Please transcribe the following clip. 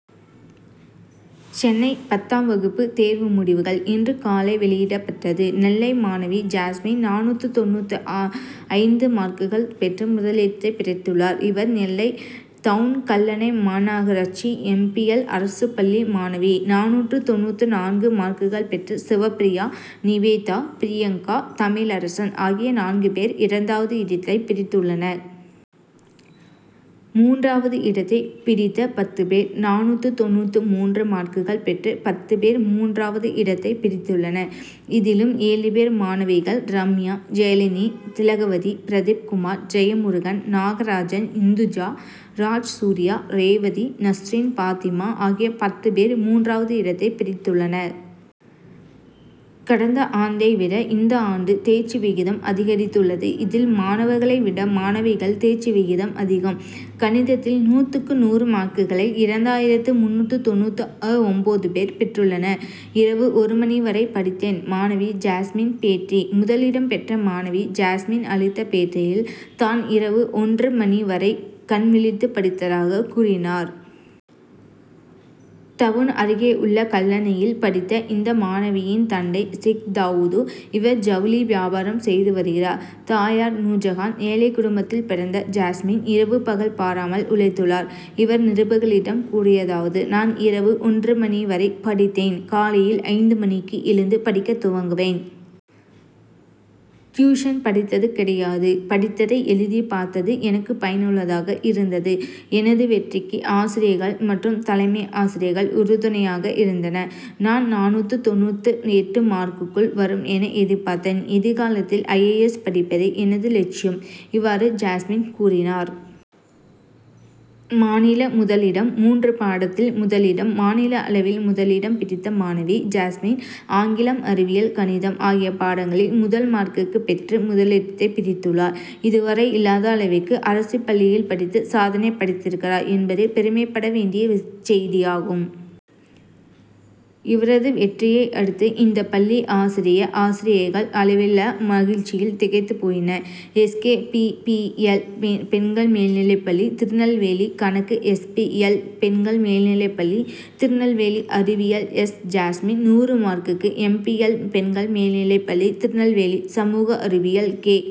சென்னை பத்தாம் வகுப்பு தேர்வு முடிவுகள் இன்று காலை வெளியிடப்பட்டது. நெல்லை மாணவி ஜாஸ்மின் நானூத்து தொண்ணூத்து ஐந்து மார்க்குகள் பெற்று முதலிடத்தை பிடித்துள்ளார். இவர் நெல்லை டவுண் கல்லணை மாநாகராட்சி எம். பி. எல்., அரசுப் பள்ளி மாணவி. நானூற்று தொண்ணூத்து நான்கு மார்க்குகள் பெற்று சிவப்பிரியா, நிவேதா, பிரியங்கா, தமிழரசன், ஆகிய நான்கு பேர் இரண்டாவது இடத்தை பிடித்துள்ளனர். மூன்றாவது இடத்தை பிடித்த பத்து பேர்: நானூத்து தொண்ணூத்து மூன்று மார்க்குகள் பெற்று பத்து பேர் மூன்று வது இடத்தை பிடித்துள்ளனர். இதிலும் ஏழு பேர் மாணவிகள். ரம்யா, ஜெயலினி, திலகவதி, பிரதீப்குமார், ஜெயமுருகன், நாகராஜன், இந்துஜா, ராஜ்சூர்யா, ரேவதி, நசுரின்பாத்திமா, ஆகிய பத்து பேர் மூன்று வது இடத்தை பிடித்துள்ளனர். கடந்த ஆண்டை விட இந்த ஆண்டு தேர்ச்சி விகிதம் அதிகரித்துள்ளது. இதில் மாணவர்களை விட மாணவிகள் தேர்ச்சி விகிதம் அதிகம். கணிதத்தில் நூத்துக்கு நூறு மார்க்குகளை இரண்டாயிரத்து முந்நூத்து தொண்ணூத்து அ ஒன்பது பேர் பெற்றுள்ளனர். இரவு ஒரு மணி வரை படித்தேன் மாணவி ஜாஸ்மின் பேட்டி முதலிடம் பெற்ற மாணவி ஜாஸ்மின் அளித்த பேட்டியில், தான் இரவு ஒன்று மணி வரை கண்விழித்து படித்ததாக கூறினார். டவுண் அருகே உள்ள கல்லணையில் படித்த இந்த மாணவியின் தந்தை செக்தாவூது. இவர் ஜவுளி வியாபாரம் செய்து வருகிறார். தாயார் நூர்ஜகான். ஏழைக்குடும்பத்தில் பிறந்த ஜாஸ்மின் இரவு பகல் பாராமல் உழைத்துள்ளார். இவர் நிருபகளிடம் கூறியதாவது: நான் இரவு ஒன்று மணி வரை படித்தேன். காலையில் ஐந்து மணிக்கு எழுந்து படிக்கத்துவங்குவேன். டியூஷன் படித்தது கிடையாது. படித்ததை எழுதிபார்த்தது எனக்கு பயனுள்ளதாக இருந்தது. எனது வெற்றிக்கு ஆசிரியர்கள் மற்றும் தலைமை ஆசிரியர்கள் உறு துணையாக இருந்தனர். நான் நானூத்து தொண்ணூத்து எட்டு மார்க்குகுள் வரும் என எதிர்பார்த்தேன். எதிர்காலத்தில் ஐ. ஏ. எஸ்., படிப்பதே எனது இலட்சியம். இவ்வாறு ஜாஸ்மின் கூறினார். மாநில முதலிடம் மூன்று பாடத்தில் முதலிடம் மாநில அளவில் முதலிடம் பிடித்த மாணவி ஜாஸ்மின் ஆங்கிலம், அறிவியல், கணிதம் ஆகிய பாடங்களில் முதல் மார்க்குக்கு பெற்று முதலிடத்தை பிடித்துள்ளார். இது வரை இல்லாத அளவிற்கு அரசுப்பள்ளியில் படித்து சாதனை படைத்திருக்கிறார் என்பது பெருமைபட வேண்டிய செய்தியாகும். இவரது வெற்றியை அடுத்து இந்தப்பள்ளி ஆசிரிய, ஆசிரியைகள் அளவிலா மகிழ்ச்சியில் திகைத்து போயினர். S. K. P. P. L. பெண்கள் மேல்நிலைப்பள்ளி, திருநெல்வேலிகணக்கு எஸ். பி. எல். பெண்கள் மேல்நிலைப்பள்ளி, திருநெல்வேலிஅறிவியல் எஸ். ஜாஸ்மின், நூறு மார்க்குக்கு, எம். பி. எல். பெண்கள் மேல்நிலைப்பள்ளி, திருநெல்வேலிசமூக அறிவியல் கே.